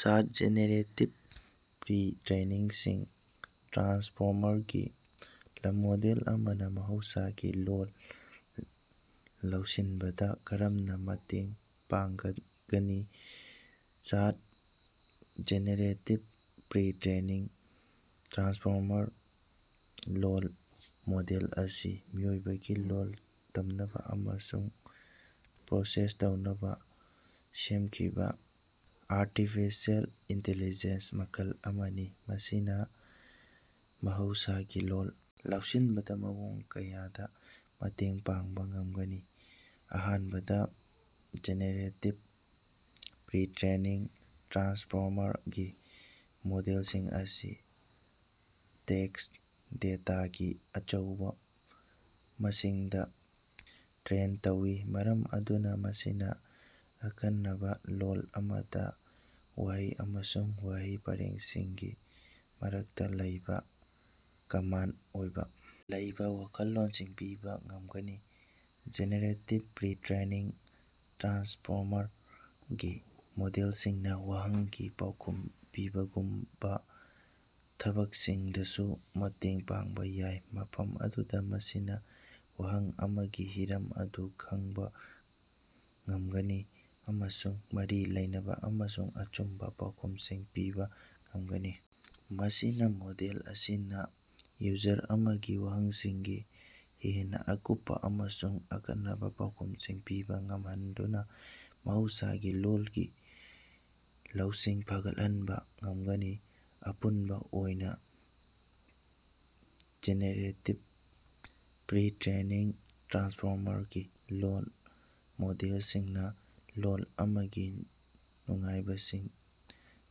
ꯆꯥꯠ generative pretrained transformer ꯒꯤ ꯂꯃꯣꯗꯦꯜ ꯑꯃꯅꯥ ꯃꯍꯧꯁꯥꯒꯤ ꯂꯣꯜ ꯂꯧꯁꯤꯟꯕꯗꯥ ꯀꯔꯝꯅꯥ ꯃꯇꯦꯡ ꯄꯥꯡꯒꯅꯤ? ꯆꯥꯠ ꯖꯦꯅꯦꯔꯦꯇꯤꯕ ꯄ꯭ꯔꯤ-ꯇ꯭ꯔꯦꯅꯤꯡ ꯇ꯭ꯔꯥꯟꯁꯐꯣꯔꯃꯔ ꯂꯣꯜ ꯃꯣꯗꯦꯜ ꯑꯁꯤ ꯃꯤꯑꯣꯏꯕꯒꯤ ꯂꯣꯜ ꯇꯝꯅꯕꯥ ꯑꯃꯁꯨꯡ ꯄ꯭ꯔꯣꯁꯦꯁ ꯇꯧꯅꯕꯥ ꯁꯦꯝꯈꯤꯕꯥ ꯑꯥꯔꯇꯤꯐꯤꯁꯤꯑꯦꯜ ꯏꯟꯇꯦꯂꯤꯖꯦꯟ꯭ꯁ ꯃꯈꯜ ꯑꯃꯅꯤ꯫ ꯃꯁꯤꯅꯥ ꯃꯍꯧꯁꯥꯒꯤ ꯂꯣꯜ ꯂꯧꯁꯤꯟꯕꯗꯥ ꯃꯑꯣꯡ ꯀꯌꯥꯗꯥ ꯃꯇꯦꯡ ꯄꯥꯡꯕꯥ ꯉꯝꯒꯅꯤ: ꯑꯍꯥꯟꯕꯗꯥ, ꯖꯦꯅꯦꯔꯦꯇꯤꯕ ꯄ꯭ꯔꯤ-ꯇ꯭ꯔꯦꯅꯤꯡ ꯇ꯭ꯔꯥꯟꯁꯐꯣꯔꯃꯔ ꯒꯤ ꯃꯣꯗꯦꯜꯁꯤꯡ ꯑꯁꯤ ꯇꯦꯛ꯭ꯁ ꯗꯦꯇꯥꯒꯤ ꯑꯆꯧꯕꯥ ꯃꯁꯤꯡꯗꯥ ꯇ꯭ꯔꯦꯟ ꯇꯧꯏ, ꯃꯔꯝ ꯑꯗꯨꯅꯥ ꯃꯁꯤꯅꯥ ꯑꯀꯛꯅꯕꯥ ꯂꯣꯜ ꯑꯃꯗꯥ ꯋꯥꯍꯩ ꯑꯃꯁꯨꯡ ꯋꯥꯍꯩ ꯄꯔꯦꯡꯁꯤꯡꯒꯤ ꯃꯔꯛꯇꯥ ꯂꯩꯕꯥ ꯀꯃꯟ ꯑꯣꯏꯕꯥ ꯂꯩꯕꯥ ꯋꯥꯈꯜꯂꯣꯟꯁꯤꯡ ꯄꯤꯕꯥ ꯉꯝꯒꯅꯤ꯫ ꯖꯦꯅꯦꯔꯦꯇꯤꯕ ꯄ꯭ꯔꯤ-ꯇ꯭ꯔꯦꯅꯤꯡ ꯇ꯭ꯔꯥꯟꯁꯐꯣꯔꯃꯔ ꯒꯤ ꯃꯣꯗꯦꯜꯁꯤꯡꯅꯥ ꯋꯥꯍꯪꯒꯤ ꯄꯥꯎꯈꯨꯝ ꯄꯤꯕꯒꯨꯝꯕꯥ ꯊꯕꯛꯁꯤꯡꯗꯁꯨ ꯃꯇꯦꯡ ꯄꯥꯡꯕꯥ ꯌꯥꯏ, ꯃꯐꯝ ꯑꯗꯨꯗꯥ ꯃꯁꯤꯅꯥ ꯋꯥꯍꯪ ꯑꯃꯒꯤ ꯍꯤꯔꯝ ꯑꯗꯨ ꯈꯡꯕꯥ ꯉꯝꯒꯅꯤ ꯑꯃꯁꯨꯡ ꯃꯔꯤ ꯂꯩꯅꯕꯥ ꯑꯃꯁꯨꯡ ꯑꯆꯨꯝꯕꯥ ꯄꯥꯎꯈꯨꯃꯁꯤꯡ ꯄꯤꯕꯥ ꯉꯝꯒꯅꯤ꯫ ꯃꯁꯤꯅꯥ ꯃꯣꯗꯦꯜ ꯑꯁꯤꯅꯥ ꯌꯨꯖꯔ ꯑꯃꯒꯤ ꯋꯥꯍꯪꯁꯤꯡꯒꯤ ꯍꯦꯟꯅꯥ ꯑꯀꯨꯞꯄꯥ ꯑꯃꯁꯨꯡ ꯑꯀꯛꯅꯕꯥ ꯄꯥꯎꯈꯨꯝꯁꯤꯡ ꯄꯤꯕꯥ ꯉꯝꯍꯟꯗꯨꯅꯥ ꯃꯍꯧꯁꯥꯒꯤ ꯂꯣꯜꯒꯤ ꯂꯧꯁꯤꯡ ꯐꯒꯠꯍꯟꯕꯥ ꯉꯝꯒꯅꯤ꯫ ꯑꯄꯨꯟꯕꯥ ꯑꯣꯏꯅꯥ, ꯖꯦꯅꯦꯔꯦꯇꯤꯕ ꯄ꯭ꯔꯤ-ꯇ꯭ꯔꯦꯅꯤꯡ ꯇ꯭ꯔꯥꯟꯁꯐꯣꯔꯃꯔ ꯒꯤ ꯂꯣꯜ ꯃꯣꯗꯦꯜꯁꯤꯡꯅꯥ ꯂꯣꯜ ꯑꯃꯒꯤ ꯅꯨꯡꯉꯥꯏꯕꯁꯤꯡ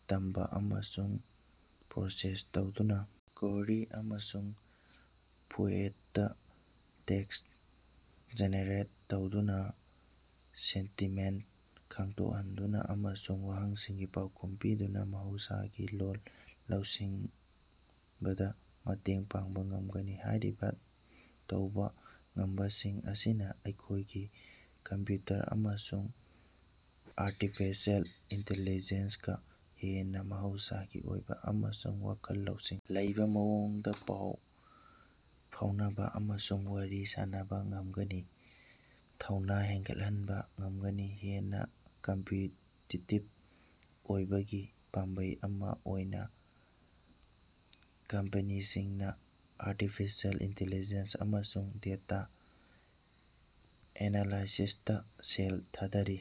ꯇꯝꯕꯥ ꯑꯃꯁꯨꯡ ꯄ꯭ꯔꯣꯁꯦꯁ ꯇꯧꯗꯨꯅꯥ, ꯀꯣꯍꯔꯤ ꯑꯃꯁꯨꯡ ꯐ꯭ꯂꯨꯑꯦꯟꯇ ꯇꯦꯛꯁ ꯖꯦꯅꯦꯔꯦꯠ ꯇꯧꯗꯨꯅꯥ, ꯁꯦꯟꯇꯤꯃꯦꯟꯇ ꯈꯪꯗꯣꯛꯇꯨꯅꯥ, ꯑꯃꯁꯨꯡ ꯋꯥꯍꯪꯁꯤꯡꯒꯤ ꯄꯥꯎꯈꯨꯝ ꯄꯤꯗꯨꯅꯥ ꯃꯍꯧꯁꯥꯒꯤ ꯂꯣꯜ ꯂꯧꯁꯤꯟꯕꯗꯥ ꯃꯇꯦꯡ ꯄꯥꯡꯕꯥ ꯉꯝꯒꯅꯤ꯫ ꯍꯥꯏꯔꯤꯕꯥ ꯇꯧꯕꯥ ꯉꯝꯕꯁꯤꯡ ꯑꯁꯤꯅꯥ ꯑꯩꯈꯣꯏꯒꯤ ꯀꯝꯄ꯭ꯌꯨꯇꯔ ꯑꯃꯁꯨꯡ ꯑꯥꯔꯇꯤꯐꯤꯁꯤꯑꯦꯜ ꯏꯟꯇꯦꯂꯤꯖꯦꯟꯁꯀꯥ ꯍꯦꯟꯅꯥ ꯃꯍꯧꯁꯥꯒꯤ ꯑꯣꯏꯕꯥ ꯑꯃꯁꯨꯡ ꯋꯥꯈꯜ ꯂꯧꯁꯤꯡ ꯂꯩꯕꯥ ꯃꯑꯣꯡꯗꯥ ꯄꯥꯎ ꯐꯥꯑꯣꯅꯕꯥ ꯑꯃꯁꯨꯡ ꯋꯥꯔꯤ ꯁꯥꯅꯕꯥ ꯉꯝꯒꯅꯤ ꯊꯧꯅꯥ ꯍꯦꯟꯒꯠꯍꯅꯕꯥ ꯉꯝꯒꯅꯤ꯫ ꯍꯦꯟꯅꯥ ꯀꯝꯄꯤꯇꯤꯇꯤꯕ ꯑꯣꯏꯕꯒꯤ ꯄꯥꯝꯕꯩ ꯑꯃꯥ ꯑꯣꯏꯅꯥ ꯀꯝꯄꯦꯅꯤꯁꯤꯡꯅꯥ ꯑꯥꯔꯇꯤꯐꯤꯁꯤꯑꯦꯜ ꯏꯟꯇꯤꯂꯤꯖꯦꯟ꯭ꯁ ꯑꯃꯁꯨꯡ ꯗꯦꯇꯥ ꯑꯦꯅꯥꯂꯥꯏꯁꯤꯁꯇꯥ ꯁꯦꯜ ꯊꯥꯗꯔꯤ꯫